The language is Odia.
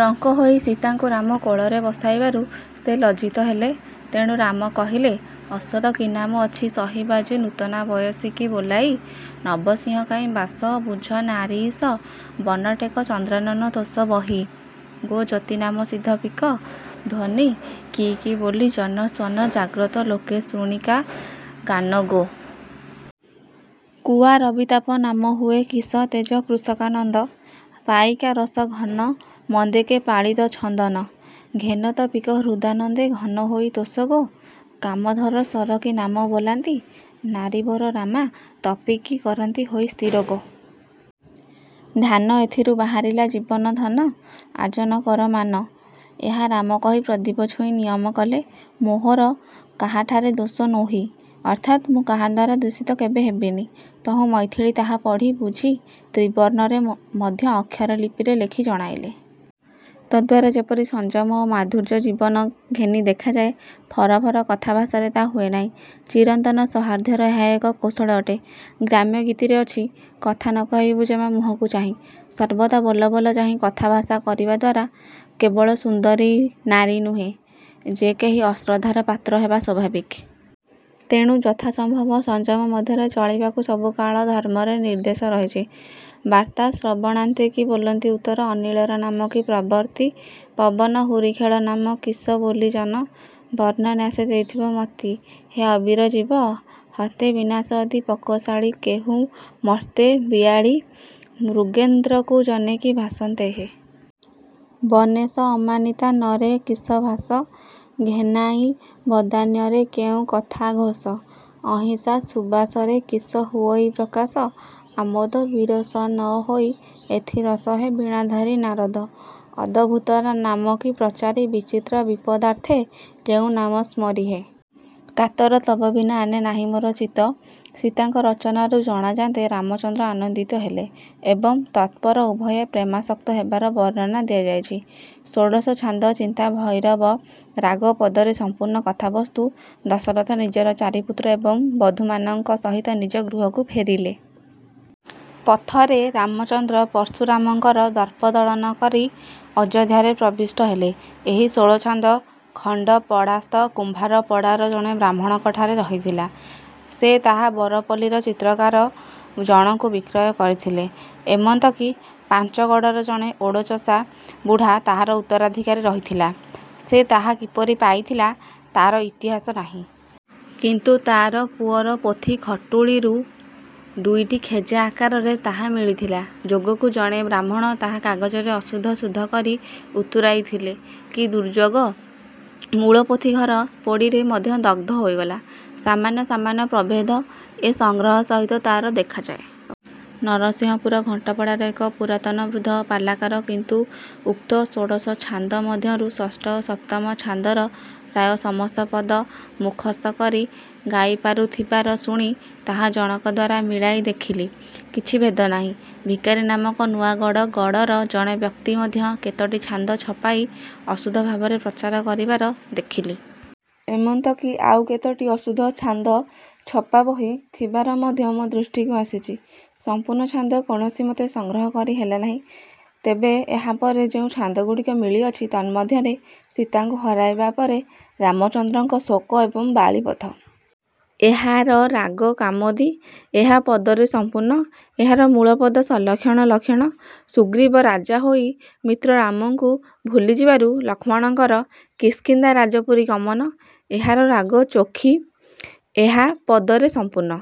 ରଙ୍କ ହୋଇ ସୀତାଙ୍କୁ ରାମ କୋଳରେ ବସାଇବାରୁ ସେ ଲଜ୍ଜିତ ହେଲେ। ତେଣୁ ରାମ କହିଲେ - ଅଶ୍ୱର କି ନାମ ଅଛି ସହି ବାଜି ନୂତନା ବୟସୀ କି ବୋଲାଇ? ନବ ସିଂହ କାହିଁ ବାସ ବୁଝ ନାରୀଈଶ ବନ ଟେକ ଚନ୍ଦ୍ରାନନ ତୋଷ ବହି ଗୋ ଯତିନାମ ସିଦ୍ଧ ପିକ ଧ୍ୱନି କି କି ବୋଲି ଜନ ସ୍ୱନ ଜାଗ୍ରତ ଲୋକେ ଶୁଣି କା ଗାନ ଗୋ। କୁଆ ରବିତାପ ନାମ ହୁଏ କିସ ତେଜ କୃଷକାନନ୍ଦ ପାଇକା ରସ ଘନ ମନ୍ଦେ କେ ପାଳିତ ଛନ୍ଦ ନ ଘେନତ ପିକ ହୃଦାନନ୍ଦେ ଘନ ହୋଇ ତୋଷ ଗୋ କାମଧର ଶର କି ନାମ ବୋଲାନ୍ତି ନାରୀବର ରାମା ତପୀ କି କରନ୍ତି ହୋଇ ସ୍ଥିର ଗୋ। ଧ୍ୟାନ ଏଥିରୁ ବାହାରିଲା 'ଜୀବନ ଧନ, ଆଜ ନ କର ମାନ' ଏହା ରାମ କହି ପ୍ରଦୀପ ଛୁଇଁ ନିୟମ କଲେ - ''ମୋହର କାହାଠାରେ ଦୋଷ ନୋହି" ଅର୍ଥାତ୍ ମୁଁ କାହାଦ୍ୱାରା ଦୂଷିତ କେବେ ହେବିନି। ତହୁଁ ମୈଥିଳୀ ତା ପଢ଼ି ବୁଝି ତ୍ରିବର୍ଣ୍ଣରେ ମଧ୍ୟ−ଅକ୍ଷର ଲିପିରେ ଲେଖି ଜଣାଇଲେ। ତଦ୍ଦ୍ୱାରା ଯେପରି ସଂଯମ ଓ ମାଧୁର୍ଯ୍ୟ ଜୀବନ ଘେନି ଦେଖାଯାଏ, ଫରଫର କଥାଭାଷାରେ ତାହା ହୁଏ ନାହିଁ। ଚିରନ୍ତନ ସୌହାର୍ଦ୍ଦ୍ୟର ଏହା ଏକ କୌଶଳ ଅଟେ। ଗ୍ରାମ୍ୟ ଗୀତିରେ ଅଛି -''କଥା ନ କହିବୁ ଜେମା ମୁହଁକୁ ଚାହିଁ"। ସର୍ବଦା ବଲବଲ ଚାହିଁ କଥାଭାଷା କରିବାଦ୍ୱାରା କେବଳ ସୁନ୍ଦରୀ ନାରୀ ନୁହେଁ, ଯେ-କେହି ଅଶ୍ରଦ୍ଧାର ପାତ୍ର ହେବା ସ୍ୱାଭାବିକ। ତେଣୁ ଯଥାସମ୍ଭବ ସଂଯମ ମଧ୍ୟରେ ଚଳିବାକୁ ସବୁ କାଳ, ଧର୍ମ୍ମରେ ନିର୍ଦ୍ଦେଶ ରହିଛି। ବାର୍ତ୍ତା ଶ୍ରବଣାନ୍ତେ କି ବୋଲାନ୍ତି ଉତ୍ତର ଅନିଳର ନାମ କି ପ୍ରବର୍ତ୍ତୀ ପବନ ହୁରିଖେଳ ନାମ କିସ ବୋଲି ଜନ ବର୍ଣ୍ଣନ୍ୟାସେ ଦେଇଥିବ ମତି ହେ ଅବିର ଜୀବ ହତେ ବିନାଶ ଅଦି ପକ୍ୱଶାଳୀ କେହୁ ମର୍ତ୍ତେ ବିଆଳି ମୃଗେନ୍ଦ୍ରକୁ ଜନେ କି ଭାଷନ୍ତେ ହେ। ବନେଶ ଅମାନିତା ନରେ କିସ ଭାଷ? ଘେନାଇ ବଦାନ୍ୟରେ କେଉଁ କଥା ଘୋଷ? ଅହିଂସା ସୁବାସରେ କିସ ହୁଅଇ ପ୍ରକାଶ ଆମୋଦ ବିରସ ନ ହୋଇ ଏଥି ରସ ହେ ବୀଣାଧାରୀ ନାରଦ ଅଦଭୁତର ନାମ କି ପ୍ରଚାରି ବିଚିତ୍ର ବିପଦାର୍ଥେ କେଉଁ ନାମ ସ୍ମରି ହେ। କାତର ''ତବ ବିନା ଆନେ ନାହିଁ ମୋର ଚିତ୍ତ" ସୀତାଙ୍କ ରଚନାରୁ ଜଣାଯାନ୍ତେ ରାମଚନ୍ଦ୍ର ଆନନ୍ଦିତ ହେଲେ ଏବଂ ତତ୍ପରେ ଉଭୟେ ପ୍ରେମାସକ୍ତ ହେବାର ବର୍ଣ୍ଣନା ଦିଆଯାଇଛି। ଷୋଡ଼ଶ ଛାନ୍ଦ - ଚିନ୍ତା ଭୈରବ ରାଗ। ପଦରେ ସଂପୂର୍ଣ୍ଣ। କଥାବସ୍ତୁ - ଦଶରଥ ନିଜର ଚାରିପୁତ୍ର ଏବଂ ବଧୂମାନଙ୍କ ସହିତ ନିଜ ଗୃହକୁ ଫେରିଲେ। ପଥରେ ରାମଚନ୍ଦ୍ର ପର୍ଶୁରାମଙ୍କର ଦର୍ପ ଦଳନ କରି ଅଯୋଧ୍ୟାରେ ପ୍ରବିଷ୍ଟ ହେଲେ। ଏହି ଷୋଳଛାନ୍ଦ ଖଣ୍ଡପଡ଼ାସ୍ଥ କୁମ୍ଭାରପଡ଼ାର ଜଣେ ବ୍ରାହ୍ମଣଙ୍କଠାରେ ରହିଥିଲା। ସେ ତାହା ବରପଲ୍ଲିର ଚିତ୍ରକାର ଜଣକୁ ବିକ୍ରୟ କରିଥିଲେ। ଏମନ୍ତ କି ପାଞ୍ଚଗଡ଼ର ଜଣେ ଓଡ଼ଚଷା ବୁଢ଼ା ତାହାର ଉତ୍ତରାକାରୀ ରହିଥିଲା। ସେ ତାହା କିପରି ପାଇଥିଲା, ତାର ଇତିହାସ ନାହିଁ। କିନ୍ତୁ ତାର ପୁଅର ପୋଥି ଖଟୁଳିରୁ ଦୁଇଟି ଖେଜା ଆକାରରେ ତାହା ମିଳିଥିଲା। ଯୋଗକୁ ଜଣେ ବ୍ରାହ୍ମଣ ତାହା କାଗଜରେ ଅଶୁଦ୍ଧ ଶୁଦ୍ଧ କରି ଉତୁରାଇଥିଲେ। କି ଦୁର୍ଯୋଗ, ମୂଳ ପୋଥି ଘର ପୋଡ଼ିରେ ମଧ୍ୟ ଦଗ୍ଧ ହୋଇଗଲା। ସାମାନ୍ୟ ସାମାନ୍ୟ ପ୍ରଭେଦ ଏ ସଂଗ୍ରହ ସହିତ ତାହାର ଦେଖାଯାଏ। ନରସିଂହପୁର ଘଣ୍ଟପଡ଼ାର ଏକ ପୁରାତନ ବୃଦ୍ଧ ପାଲାକାର କିନ୍ତୁ ଉକ୍ତ ଷୋଡ଼ଶ ଛାନ୍ଦ ମଧ୍ୟରୁ ଷଷ୍ଠ ଓ ସପ୍ତମ ଛାନ୍ଦର ପ୍ରାୟ ସମସ୍ତ ପଦ ମୁଖସ୍ଥ କରି ଗାଇପାରୁଥିବାର ଶୁଣି ତାହା ଜଣକଦ୍ୱାରା ମିଳାଇ ଦେଖିଲି କିଛି ଭେଦ ନାହିଁ। ଭିକାରୀ ନାମକ ନୂଆଗଡ଼ ଗଡ଼ର ଜଣେ ବ୍ୟକ୍ତି ମଧ୍ୟ କେତୋଟି ଛାନ୍ଦ ଛପାଇ ଅଶୁଦ୍ଧ ଭାବରେ ପ୍ରଚାର କରିବାର ଦେଖିଲି। ଏମନ୍ତ କି ଆଉ କେତୋଟି ଅଶୁଦ୍ଧ ଛାନ୍ଦ ଛପା ବହି ଥିବାର ମଧ୍ୟ ମୋ ଦୃଷ୍ଟିକୁ ଆସିଛି। ସଂପୂର୍ଣ୍ଣ ଛାନ୍ଦ କୌଣସିମତେ ସଂଗ୍ରହ କରି ହେଲା ନାହିଁ। ତେବେ ଏହା ପରେ ଯେଉଁ ଛାନ୍ଦଗୁଡ଼ିକ ମିଳିଅଛି ତନ୍ମଧ୍ୟରେ - -ସୀତାଙ୍କୁ ହରାଇବା ପରେ ରାମଚନ୍ଦ୍ରଙ୍କ ଶୋକ ଏବଂ ବାଳୀବଧ। ଏହାର ରାଗ କାମୋଦି। ଏହା ପଦରେ ସଂପୂର୍ଣ୍ଣ। ଏହାର ମୂଳପଦ 'ସଲକ୍ଷଣ ଲକ୍ଷଣ'। -ସୁଗ୍ରୀବ ରାଜା ହୋଇ ମିତ୍ର ରାମଙ୍କୁ ଭୁଲିଯିବାରୁ ଲକ୍ଷ୍ମଣଙ୍କର କିସ୍କିନ୍ଧ୍ୟା ରାଜପୁରୀ ଗମନ। ଏହାର ରାଗ ଚୋଖୀ। ଏହା ପଦରେ ସଂପୂର୍ଣ୍ଣ।